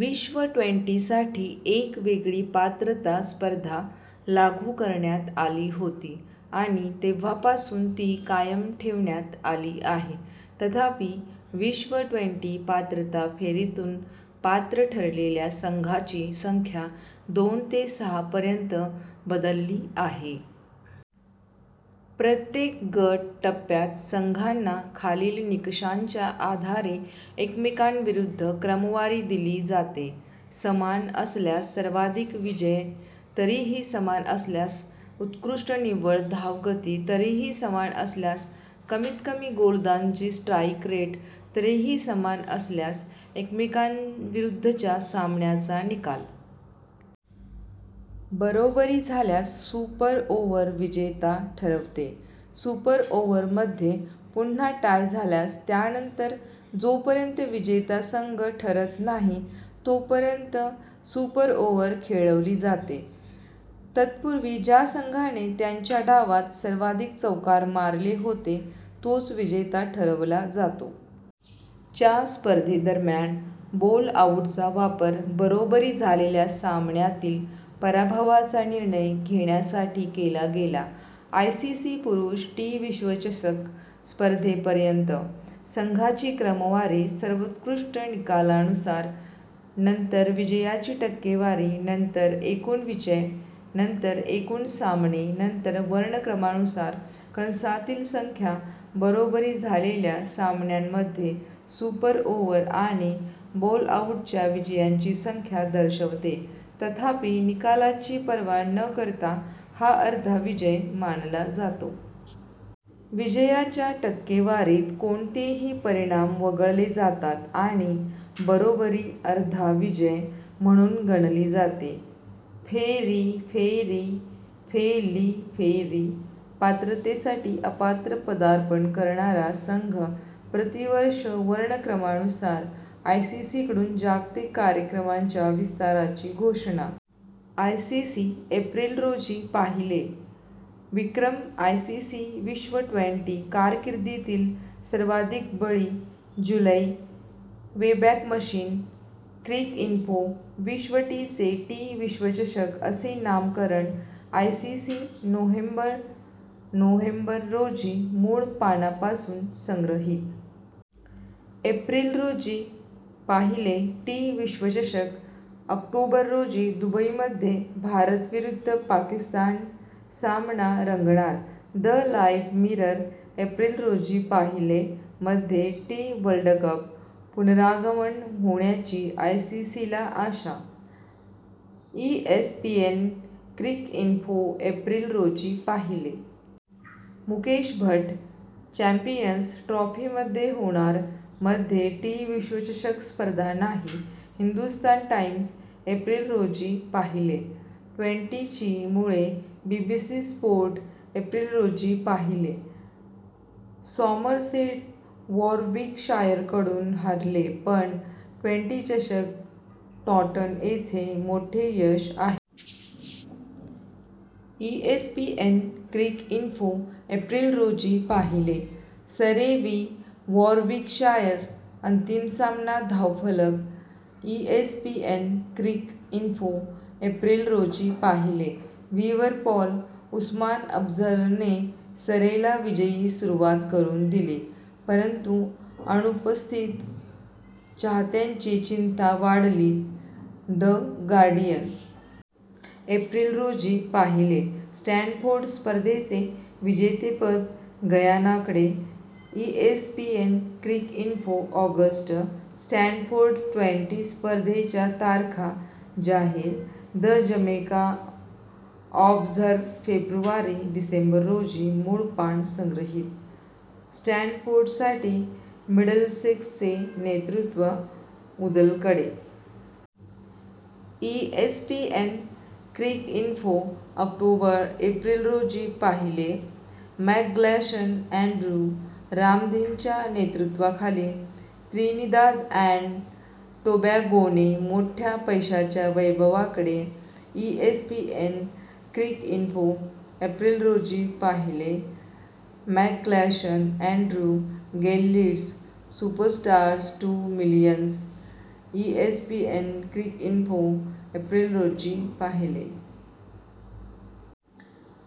विश्व ट्वेंटी साठी एक वेगळी पात्रता स्पर्धा लागू करण्यात आली होती आणि तेव्हापासून ती कायम ठेवण्यात आली आहे. तथापि, विश्व ट्वेंटी पात्रता फेरीतून पात्र ठरलेल्या संघांची संख्या दोन ते सहा पर्यंत बदलली आहे. प्रत्येक गट टप्प्यात, संघांना खालील निकषांच्या आधारे एकमेकांविरुद्ध क्रमवारी दिली जाते: समान असल्यास, सर्वाधिक विजय तरीही समान असल्यास, उत्कृष्ट निव्वळ धावगती तरीही समान असल्यास, कमीत कमी गोलंदाजी स्ट्राईक रेट तरीही समान असल्यास, एकमेकांविरुद्धच्या सामन्याचा निकाल. बरोबरी झाल्यास, सुपर ओव्हर विजेता ठरवते. सुपर ओव्हरमध्ये पुन्हा टाय झाल्यास, त्यानंतर जोपर्यंत विजेता संघ ठरत नाही तोपर्यंत सुपर ओव्हर खेळवली जाते. तत्पूर्वी, ज्या संघाने त्यांच्या डावात सर्वाधिक चौकार मारले होते तोच विजेता ठरवला जातो. च्या स्पर्धेदरम्यान, बोल-आउटचा वापर बरोबरी झालेल्या सामन्यातील पराभवाचा निर्णय घेण्यासाठी केला गेला. आयसीसी पुरुष टी विश्वचषक स्पर्धेपर्यंत. संघांची क्रमवारी सर्वोत्कृष्ट निकालानुसार, नंतर विजयाची टक्केवारी, नंतर एकूण विजय, नंतर एकूण सामने, नंतर वर्णक्रमानुसार: कंसातील संख्या बरोबरी झालेल्या सामन्यांमध्ये सुपर ओव्हर आणि बोल-आउटच्या विजयांची संख्या दर्शवते, तथापि निकालाची पर्वा न करता हा अर्धा विजय मानला जातो. विजयाच्या टक्केवारीत कोणतेही परिणाम वगळले जातात आणि बरोबरी अर्धा विजय म्हणून गणली जाते. फे — री फेरी फे — ली फेरी — पात्रतेसाठी अपात्र पदार्पण करणारा संघ, प्रतिवर्ष वर्णक्रमानुसार. ^ "आयसीसीकडून जागतिक कार्यक्रमांच्या विस्ताराची घोषणा". आयसीसी. एप्रिल रोजी पाहिले. ^ विक्रम – आयसीसी विश्व ट्वेन्टी – कारकिर्दीतील सर्वाधिक बळी जुलै, वेबॅक मशीन. क्रिकइन्फो ^ "विश्व टी चे टी विश्वचषक असे नामकरण". आयसीसी. नोव्हेंबर. नोव्हेंबर रोजी मूळ पानापासून संग्रहित. एप्रिल रोजी पाहिले. ^ "टी विश्वचषक: ऑक्टोबर रोजी दुबईमध्ये भारत विरुद्ध पाकिस्तान सामनारंगणार". द लाईव्ह मिरर.. एप्रिल रोजी पाहिले. ^" मध्ये टी- वर्ल्डकप पुनरागमन होण्याची आयसीसीला आशा". ESPN Cricinfo. एप्रिल रोजी पाहिले. ^ मुकेश भट्ट. "चॅम्पियन्स ट्रॉफी मध्ये होणार, मध्ये टी विश्वचषक स्पर्धा नाही". हिंदुस्थान टाइम्स. एप्रिल रोजी पाहिले. ^ "ट्वेंटी ची मुळे". BBC Sport. एप्रिल रोजी पाहिले. ^ "सॉमरसेट वॉरविकशायरकडून हरले पण ट्वेन्टी चषक टॉंटन येथे मोठे यश आहे". ESPN Cricinfo. एप्रिल रोजी पाहिले. ^ "सरे वि वॉरविकशायर अंतिम सामना धावफलक". ESPN Cricinfo. एप्रिल रोजी पाहिले. ^ विवर, पॉल. "उस्मान अफझलने सरेला विजयी सुरुवात करून दिली परंतु अनुपस्थित चाहत्यांची चिंता वाढली". The Guardian. एप्रिल रोजी पाहिले. ^ "स्टॅनफोर्ड / स्पर्धेचे विजेतेपद गयानाकडे". ESPN Cricinfo. August. ^ "Stanford twenty स्पर्धेच्या तारखा जाहीर". The Jamaica Observer. February. December रोजी मूळ पान पासून संग्रहित. ^ "स्टॅनफोर्डसाठी मिडलसेक्सचे नेतृत्व उदलकडे". ESPN Cricinfo. ऑक्टोबर. एप्रिल रोजी पाहिले. ^ मॅकग्लॅशन, अँड्रू. "रामदिनच्या नेतृत्वाखाली त्रिनिदाद आणि टोबॅगोने मोठ्या पैशाच्या वैभवाकडे". ESPN Cricinfo. एप्रिल रोजी पाहिले. ^ McGlashan, Andrew. "Gayle leads superstars to millions". ESPN Cricinfo. April रोजी पाहिले.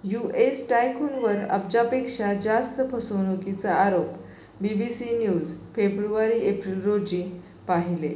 ^ "यूएस टायकूनवर अब्जपेक्षा जास्त फसवणुकीचा आरोप". BBC News. फेब्रुवारी. एप्रिल रोजी पाहिले.